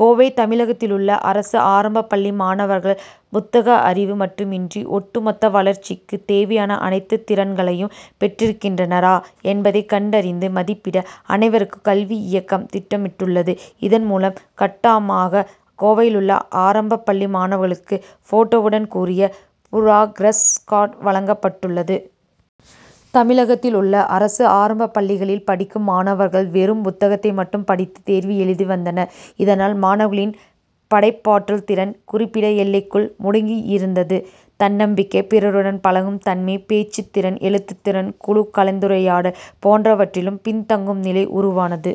கோவை தமிழகத்திலுள்ள அரசு ஆரம்பப் பள்ளி மாணவர்கள் புத்தக அறிவு மட்டுமின்றி, ஒட்டுமொத்த வளர்ச்சிக்குத் தேவையான அனைத்து திறன்களையும் பெற்றிருக்கின்றனரா, என்பதை கண்டறிந்து மதிப்பிட, அனைவருக்கும் கல்வி இயக்கம் திட்டமிட்டுள்ளது. இதன் முதல் கட்டமாக, கோவையிலுள்ள ஆரம்பப்பள்ளி மாணவர்களுக்கு போட்டோவுடன் கூடிய புராகிரஸ் கார்டு வழங்கப்பட்டுள்ளது. தமிழகத்தில் உள்ள அரசு ஆரம்பப்பள்ளிகளில் படிக்கும் மாணவர்கள் வெறும் புத்தகத்தை மட்டும் படித்து தேர்வு எழுதி வந்தனர். இதனால், மாணவர்களின் படைப்பாற்றல் திறன் குறிப்பிட எல்லைக்குள் முடங்கியிருந்தது. தன்னம்பிக்கை, பிறருடன் பழகும் தன்மை, பேச்சுத் திறன், எழுத்துத் திறன், குழு கலந்துரையாடல் போன்றவற்றிலும் பின்தங்கும் நிலை உருவானது.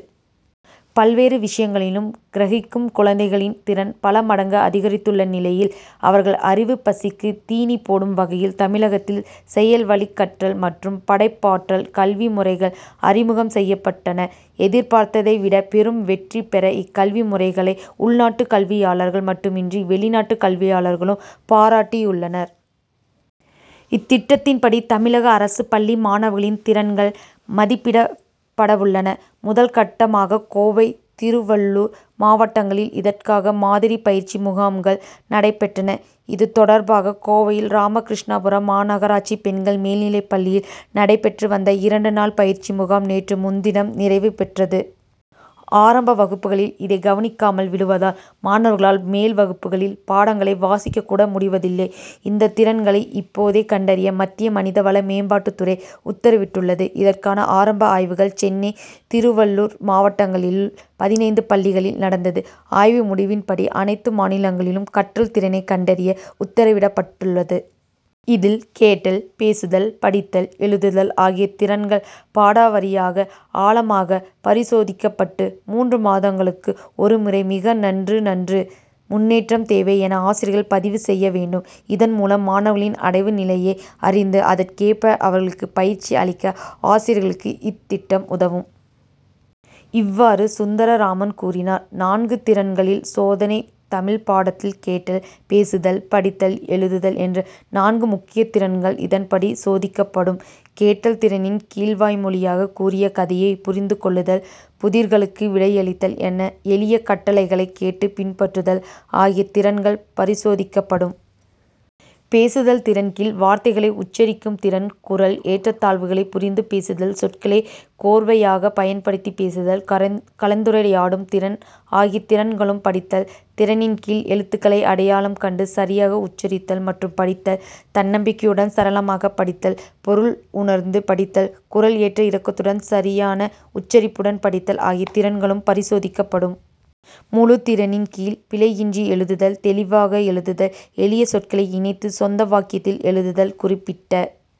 பல்வேறு விஷயங்களையும் கிரகிக்கும் குழந்தைகளின் திறன் பலமடங்கு அதிகரித்துள்ள நிலையில், அவர்களின் அறிவுப்பசிக்கு தீனி போடும் வகையில் தமிழகத்தில் செயல்வழிக் கற்றல் மற்றும் படைப்பாற்றல் கல்வி முறைகள் அறிமுகம் செய்யப்பட்டன. எதிர்பார்த்ததை விட பெரும் வெற்றி பெற இக்கல்வி முறைகளை, உள்நாட்டு கல்வியாளர்கள் மட்டுமின்றி வெளிநாட்டு கல்வியாளர்களும் பாராட்டியுள்ளனர். இத்திட்டத்தின்படி, தமிழக அரசுப் பள்ளி மாணவர்களின் திறன்கள் மதிப்பிடப்படவுள்ளன. முதல் கட்டமாக கோவை, திருவள்ளூர் மாவட்டங்களில் இதற்காக மாதிரி பயிற்சி முகாம்கள் நடைபெற்றன. இது தொடர்பாக கோவையில் ராமகிருஷ்ணாபுரம் மாநகராட்சி பெண்கள் மேல்நிலைப்பள்ளியில் நடைபெற்று வந்த இரண்டு நாள் பயிற்சி முகாம் நேற்று முன்தினம் நிறைவு பெற்றது. ஆரம்ப வகுப்புகளில் இதை கவனிக்காமல் விடுவதால் மாணவர்களால் மேல் வகுப்புகளில் பாடங்களை வாசிக்கக் கூட முடிவதில்லை. இந்த திறன்களை இப்போதே கண்டறிய மத்திய மனிதவள மேம்பாட்டுத்துறை உத்தரவிட் டுள்ளது. இதற்கான ஆரம்ப ஆய்வுகள் சென்னை, திருவள்ளூர் மாவட்டங்களில் பதினைந்து பள்ளிகளில் நடந்தது. ஆய்வு முடிவின்படி அனைத்து மாநிலங்களிலும் கற்றல் திறனை கண்டறிய உத்தரவிடப்பட்டுள்ளது. இதில் கேட்டல், பேசுதல், படித்தல், எழுதுதல் ஆகிய திறன்கள் பாடவாரியாக ஆழமாக பரிசோதிக்கப்பட்டு மூன்று மாதங்களுக்கு ஒருமுறை மிக நன்று, நன்று, முன்னேற்றம் தேவை என ஆசிரியர்கள் பதிவு செய்ய வேண்டும். இதன் மூலம் மாணவர்களின் அடைவு நிலையை அறிந்து அதற்கேற்ப அவர்களுக்கு பயிற்சி அளிக்க ஆசிரியர்களுக்கு இத்திட்டம் உதவும். இவ்வாறு, சுந்தரராமன் கூறினார். நான்கு திறன்களில் சோதனை தமிழ் பாடத்தில் கேட்டல், பேசுதல், படித்தல், எழுதுதல் என்ற நான்கு முக்கிய திறன்கள் இதன்படி சோதிக்கப்படும். கேட்டல் திறனின் கீழ், வாய்மொழியாக கூறிய கதையை புரிந்து கொள்ளுதல், புதிர்களுக்கு விடையளித்தல் என எளிய கட்டளைகளை கேட்டு பின்பற்றுதல் ஆகிய திறன்கள் பரிசோதிக்கப்படும். பேசுதல் திறன் கீழ், வார்த்தைகளை உச்சரிக்கும் திறன், குரல் ஏற்ற தாழ்வுகளை புரிந்து பேசுதல், சொற்களை கோர்வையாக பயன்படுத்தி பேசுதல், கலந்துரையாடும் திறன் ஆகிய திறன்களும், படித்தல் திறனின் கீழ், எழுத்துக்களை அடையாளம் கண்டு சரியாக உச்சரித்தல் மற்றும் படித்தல், தன்னம்பிக்கையுடன் சரளமாக படித்தல், பொருள் உணர்ந்து படித்தல், குரல் ஏற்ற இறக்கத்துடன் சரியான உச்சரிப்புடன் படித்தல் ஆகிய திறன்களும் பரிசோதிக்கப்படும். முழு திறனின் கீழ், பிழையின்றி எழுதுதல், தெளிவாக எழுதுதல், எளிய சொற்களை இணைத்து சொந்த வாக்கியத்தில் எழுதுதல், குறிப்பிட்ட